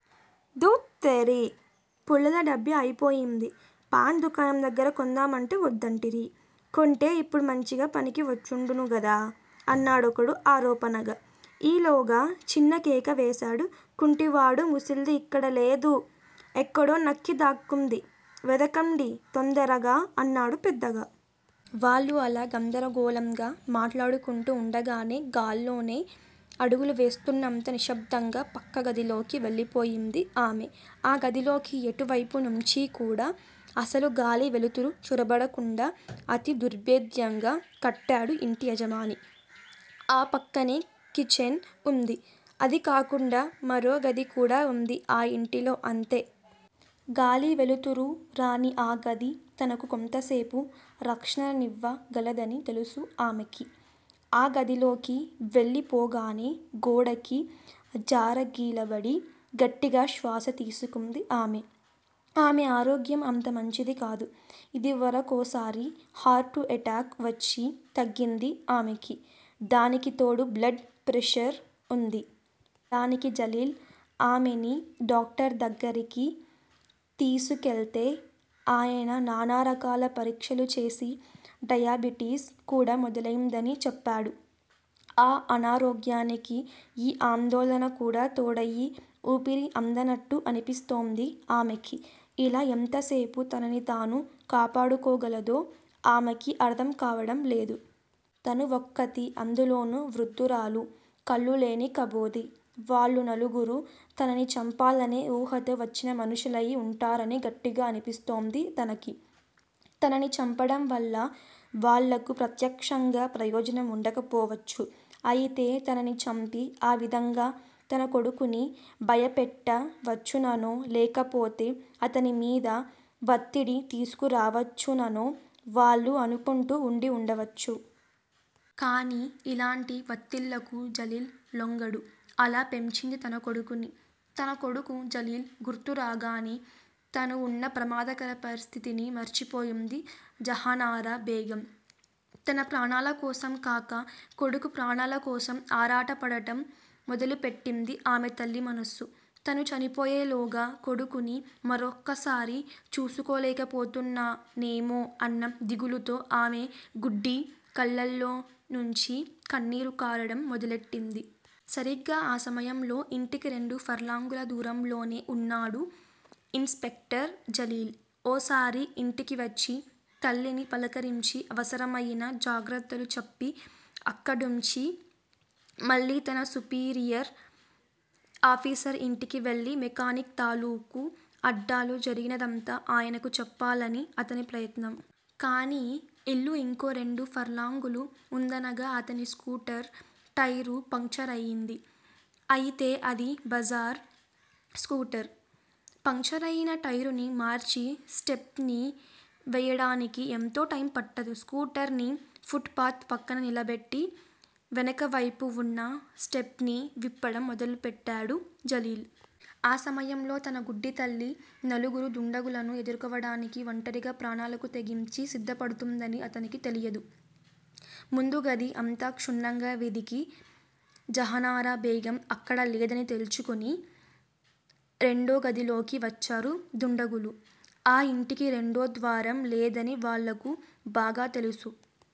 ధూత్తెరీ! పుల్లల డబ్బీ అయిపోయింది! పాన్ దుకాణం దగ్గర కొందామంటే వద్దంటిరి! కొంటే ఇప్పుడు మంచిగ పనికి వచ్చుండును గదా! అన్నాడొకడు ఆరోపణగా. ఈ లోగా చిన్న కేక వేశాడు కుంటివాడు ముసల్ది ఇక్కడ లేదు! ఎక్కడో నక్కి దాక్కుంది! వెదకండి! తొందరగా! అన్నాడు పెద్దగా. వాళ్ళు అలా గందరగోళంగా మాట్లాడుకుంటూ ఉండగానే గాల్లోనే అడుగులు వేస్తున్నంత నిశ్శబ్దంగా పక్క గదిలోకి వెళ్ళిపోయింది ఆమె. ఆ గదిలోకి ఎటు వైపునుంచీ కూడా అసలు గాలీ వెలుతురూ చొరబడకుండా అతి దుర్బేధ్యంగా కట్టాడు ఇంటి యజమాని. ఆపక్కనే కిచెన్ వుంది. అది కాకుండా మరో గది కూడా వుంది ఆ ఇంటిలో అంతే! గాలి వెలుతురూ రాని ఆ గది తనకు కొంతసేపు రక్షణనివ్వ గలదని తెలుసు ఆమెకి! ఆ గదిలోకి వెళ్ళిపోగానే గోడకి జారగిలబడి గట్టిగా శ్వాస తీసుకుంది ఆమె. ఆమె ఆరోగ్యం అంత మంచిది కాదు. ఇదివరకోసారి హార్టు ఎటాక్ వచ్చి తగ్గింది ఆమెకి. దానికి తోడు బ్లడ్ ప్రెషర్ వుంది. దానికి జలీల్ ఆమెని డాక్టర్ దగ్గరికి తీసుకెళ్తే అయన నానారకాల పరీక్షలు చేసి డయాబిటిస్ కూడా మొదలయిందని చెప్పాడు. ఆ అనారోగ్యానికి ఈ ఆందోళన కూడా తోడయి ఊపిరి అందనట్టు అనిపిస్తోంది ఆమెకి. ఇలా ఎంతసేపు తనని తాను కాపాడుకోగలదో ఆమెకి అర్ధం కావడం లేదు. తను ఒక్కతి. అందులోనూ వృద్దురాలు! కళ్ళులేని కబోది. వాళ్ళు నలుగురు! తనని చంపాలనే ఊహతో వచ్చిన మనుషులయి వుంటారని గట్టిగా అనిపిస్తోంది తనకి! తనని చంపడం వల్ల వాళ్ళకు ప్రత్యక్షంగా ప్రయోజనం వుండక పోవచ్చు. అయితే తనని చంపి ఆ విధంగా తన కొడుకుని భయపెట్ట వచ్చుననో లేకపోతే అతనిమీద వత్తిడి తీసుకురావచ్చుననో వాళ్ళు అనుకుంటూ ఉండి వుండవచ్చు. కానీ ఇలాంటి వత్తిళ్ళకు జలీల్ లొంగడు! అలా పెంచింది తన కొడుకుని! తన కొడుకు జలీల్ గుర్తు రాగానే తను ఉన్న ప్రమాదకర పరిస్థితిని మర్చిపోయింది జహనారా బేగం! తన ప్రాణాలకోసం కాక కొడుకు ప్రాణాలకోసం ఆరాటపడటం మొదలెట్టింది ఆమె తల్లి మనసు. తను చనిపోయేలోగా కొడుకుని మరొక్కసారి చూసుకోలేకపోతానేమో అన్న దిగులుతో ఆమె గుడ్డి కళ్ళలోనుంచి కన్నీరు కారడం మొదలెట్టింది. సరిగ్గా ఆ సమయంలో ఇంటికి రెండు ఫర్లాంగుల దూరంలోనే వున్నాడు ఇన్ స్పెక్టర్ జలీల్. ఓసారి ఇంటికి వచ్చి తల్లిని పలకరించి అవసరమయిన జాగ్రత్తలు చెప్పి అక్కడుంచి మళ్ళీ తన సుపీరియర్ ఆఫీసర్ ఇంటికి వెళ్ళి మెకానిక్ తాలూకు అడ్డాలో జరిగినదంతా ఆయనకు చెప్పాలని అతని ప్రయత్నం. కానీ ఇల్లు ఇంకో రెండు ఫర్లాంగులు ఉందనగా అతని స్కూటర్ టైరు పంక్చరయింది. అయితే అది బజార్ స్కూటర్. పంక్చరయిన టైరుని మార్చి స్టెప్నీ వెయ్యడానికి ఎంతో టైం పట్టదు. స్కూటర్ ని ఫుట్ పాత్ పక్కన నిలబెట్టి వెనకవైపు వున్న స్టెప్నీ విప్పడం మొదలుపెట్టాడు జలీల్. ఆ సమయంలో తన గుడ్డి తల్లి నలుగురు దుండగులను ఎదుర్కోవడానికి ఒంటరిగా ప్రాణాలకు తెగించి సిద్దపడుతుందని అతనికి తెలియదు! ముందుగది అంతా క్షుణ్ణంగా వెదికి జహనారా బేగం అక్కడ లేదని తేల్చుకుని రెండో గదిలోకి వచ్చారు దుండగులు. ఆ ఇంటికి రెండో ద్వారం లేదని వాళ్ళకు బాగా తెలుసు.